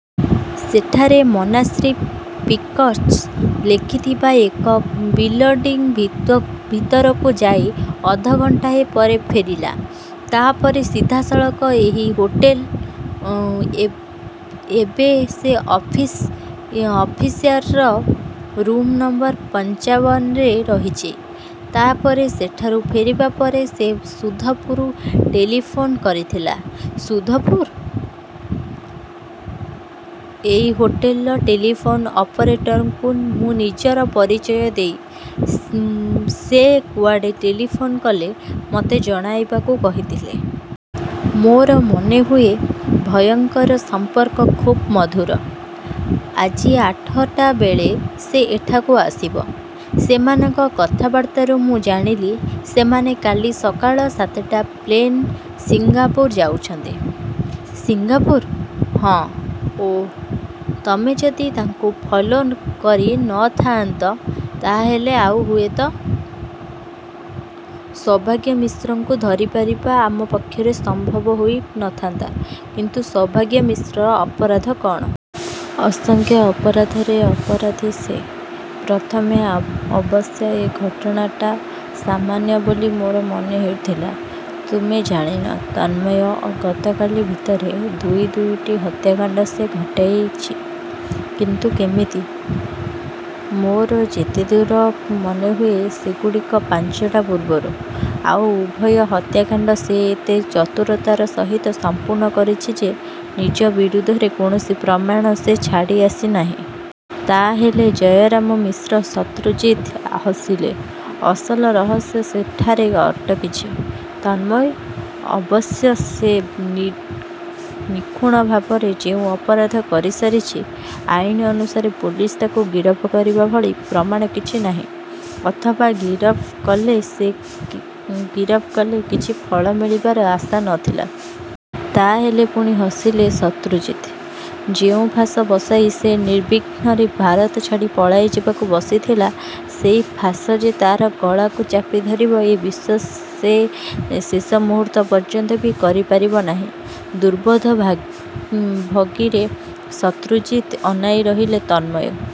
ସେଠାରେ ''ମନାଶ୍ରୀ ପିକ୍ଚର୍ସ'' ଲେଖାଥିବା ଏକ ବିଲଡ଼ିଂ ଭିତରକୁ ଯାଇ ଅଧଘଣ୍ଟାଏ ପରେ ଫେରିଲା। ତା'ପରେ ସିଧାସଳଖ ଏହି ହୋଟେଲ୍କୁ। ଏବେ ସେ ଅପ୍ଷ୍ଟୟାରର ରୂମ୍ ନଂ ପଂଚାବନରେ ରହିଛି। ତା'ପରେ ସେଠାରୁ ଫେରିବା ପରେ ସେ ସୁଧପୁର ଟେଲିଫୋନ କରିଥିଲା। ସୁଧପୁର? ଏଇ ହୋଟେଲର ଟେଲିଫୋନ ଅପରେଟରଙ୍କୁ ମୁଁ ନିଜର ପରିଚୟ ଦେଇ, ସେ କୁଆଡ଼େ ଟେଲିଫୋନ କଲେ ମୋତେ ଜଣାଇବାକୁ କହିଥିଲି। ମୋର ମନେହୁଏ ଉଭୟଙ୍କର ସମ୍ପର୍କ ଖୁବ୍ ମଧୁର। ଆଜି ଆଠଟାବେଳେ ସେ ଏଇଠାକୁ ଆସିବ। ସେମାନଙ୍କ କଥାବାର୍ତ୍ତାରୁ ମୁଁ ଜାଣିଲି ସେମାନେ କାଲି ସକାଳ ସାତଟା ପ୍ଲେନ୍ରେ ସିଙ୍ଗାପୁର ଯାଉଛନ୍ତି। ସିଙ୍ଗାପୁର? ହଁ। ଓଃ! ତମେ ଯଦି ତାକୁ ଫଲୋ କରି ନ ଥା'ନ୍ତ ତା'ହେଲେ ଆଉ ହୁଏତ ସୌଭାଗ୍ୟ ମିଶ୍ରକୁ ଧରିପାରିବା ଆମ ପକ୍ଷରେ ସମ୍ଭବ ହୋଇ ନ ଥାନ୍ତା କିନ୍ତୁ ସୌଭାଗ୍ୟ ମିଶ୍ରର ଅପରାଧ କ'ଣ? ଅସଂଖ୍ୟ ଅପରାଧରେ ଅପରାଧୀ ସେ। ପ୍ରଥମେ ଅବଶ୍ୟ ଏ ଘଟଣାଟା ସାମାନ୍ୟ ବୋଲି ମୋର ମନେ ହେଉଥିଲା। ତମେ ଜାଣିନ, ତନ୍ମୟ, ଗତକାଲି ଭିତରେ ଦୁଇ ଦୁଇଟା ହତ୍ୟାକାଣ୍ତ ସେ ଘଟେଇଛି। କିନ୍ତୁ କେମିତି? ମୋର ଯେତେଦୂର ମନେହୁଏ ସବୁଗୁଡ଼ିକ ପାଞ୍ଚଟା ପୂର୍ବରୁ। ଆଉ ଉଭୟ ହତ୍ୟାକାଣ୍ତ ସେ ଏତେ ଚତୁରତାର ସହିତ ସମ୍ପନ୍ନ କରିଛି ଯେ ନିଜ ବିରୁଦ୍ଧରେ କୌଣସି ପ୍ରମାଣ ସେ ଛାଡ଼ି ଆସି ନାହିଁ। ତା'ହେଲେ ଜୟରାମ ମିଶ୍ର ଶତ୍ରୁଜିତ୍ ହସିଲେ। ଅସଲ ରହସ୍ୟ ସେଇଠାରେ ଅଟକିଛି, ତନ୍ମୟ! ଅବଶ୍ୟ ସେ ନିଖୁଣ ଭାବରେ ଯୋଉ ଅପରାଧ କରିସାରିଛି, ଆଇନ ଅନୁସାରେ ପୋଲିସ ତାକୁ ଗିରଫ କରିବା ଭଳି ପ୍ରମାଣ କିଛି ନାହିଁ। ଅଥବା ଗିରଫ କଲେ କିଛି ଫଳ ମିଳିବାର ଆଶା ନ ଥିଲା। ତା'ହେଲେ ପୁଣି ହସିଲେ ଶତ୍ରୁଜିତ୍। ଯୋଉ ଫାଶ ବସାଇ ସେ ନିର୍ବିଘ୍ନରେ ଭାରତ ଛାଡ଼ି ପଳାଇଯିବାକୁ ବସିଥିଲା, ସେଇ ଫାଶ ଯେ ତା'ର ଗଳାକୁ ଚାପି ଧରିବ ଏ ବିଶ୍ୱାସ ସେ ଶେଷ ମୁହୂର୍ତ୍ତ ପର୍ଯ୍ୟନ୍ତ ବି କରିପାରିବ ନାହିଁ। ଦୁର୍ବୋଧ୍ୟ ଭଙ୍ଗୀରେ ଶତ୍ରଜିତ୍ଙ୍କୁ ଅନାଇ ରହିଲେ ତନ୍ମୟ।